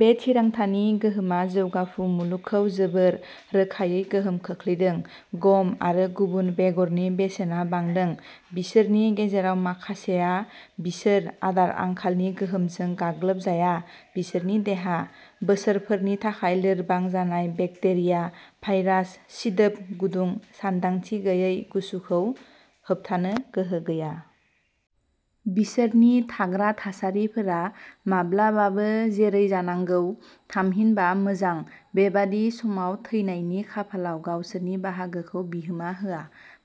बे थिरांथानि गोहोमा जौगाफु मुलुगखौ जोबोर रोखायै गोहोम खोख्लैदों, गम आरो गुबुन बेगरनि बेसेना बांदों। बिसोरनि गेजेराव माखासेआ, बिसोर आदार आंखालनि गोहोमजों गाग्लोबजाया बिसोरनि देहा, बोसोरफोरनि थाखाय लोरबां जानाय, बेक्टेरिया, भाइरास, सिदोब गुदुं, सानदांथि गैयै गुसुखौ होबथानो गोहो गैया। बिसोरनि थाग्रा थासारिफोरा, माब्लाबाबो जेरै जानांगौ, थामहिनबा मोजां, बेबादि समाव थैनायनि खाफालाव गावसोरनि बाहागोखौ बिहोमा होआ।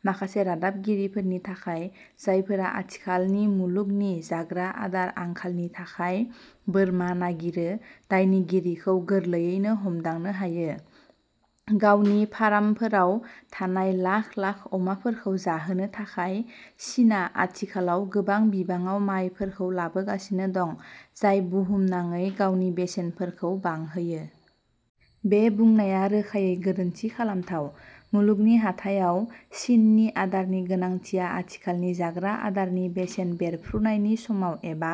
माखासे रादाबगिरिफोरनि थाखाय, जायफोरा आथिखालनि मुलुगनि जाग्रा आदार आंखालनि थाखाय बोरमा नागिरो, दायनिगिरिखौ गोरलैयैनो हमदांनो हायो। गावनि फार्मफोराव थानाय लाख लाख अमाफोरखौ जाहोनो थाखाय, चीनआ आथिखालाव गोबां बिबाङाव मायफोरखौ लाबोगासिनो दं, जाय बुहुमनाङै गावनि बेसेनफोरखौ बांहोयो। "बे बुंनाया रोखायै गोरोन्थि खालामथाव। मुलुगनि हाथायाव चीननि आदारनि गोनांथिया आथिखालनि जाग्रा आदारनि बेसेन बेरफ्रुनायनि समाव एबा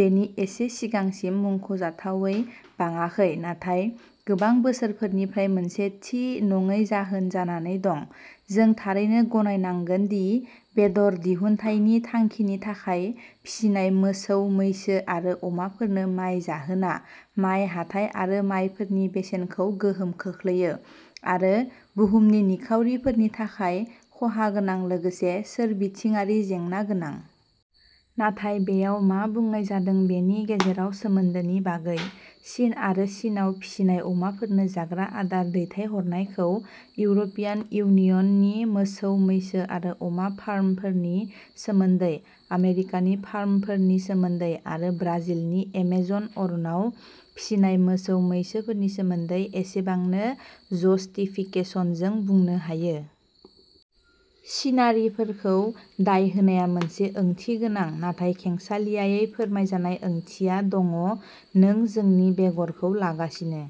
बेनि एसे सिगांसिम मुंख'जाथावै बाङाखै नाथाय गोबां बोसोरफोरनिफ्राय मोनसे थि नङै जाहोन जानानै दं। जों थारैनो गनायनांगोन दि बेदर दिहुन्थायनि थांखिनि थाखाय फिसिनाय मोसौ मैसो आरो अमाफोरनो माय जाहोना माय हाथाइ आरो मायफोरनि बेसेनखौ गोहोम खोख्लैयो, आरो बुहुमनि निखावरिफोरनि थाखाय खहा गोनां लोगोसे सोरबिथिंआरि जेंना गोनां। नाथाय बेयाव मा बुंनाय जादों बेनि गेजेराव सोमोन्दोनि बागै। चीन आरो चीनआव फिसिनाय अमाफोरनो जाग्रा आदार दैथायहरनायखौ इउर'पियान इउनियननि मोसौ मैसो आरो अमा फार्मफोरनि सोमोन्दै, आमेरिकानि फार्मफोरनि सोमोन्दै, आरो ब्राजिलनि एमेजन अरनाव फिसिनाय मोसौ मैसोफोरनि सोमोन्दै एसेबांनो जस्टिफिकेशनजों बुंनो हायो। चीनारिफोरखौ दाय होनाया मोनसे ओंथिगोनां नाथाय खेंसालियायै फोरमायजानाय ओंथिया दङ' नों जोंनि बेगरखौ लागासिनो।''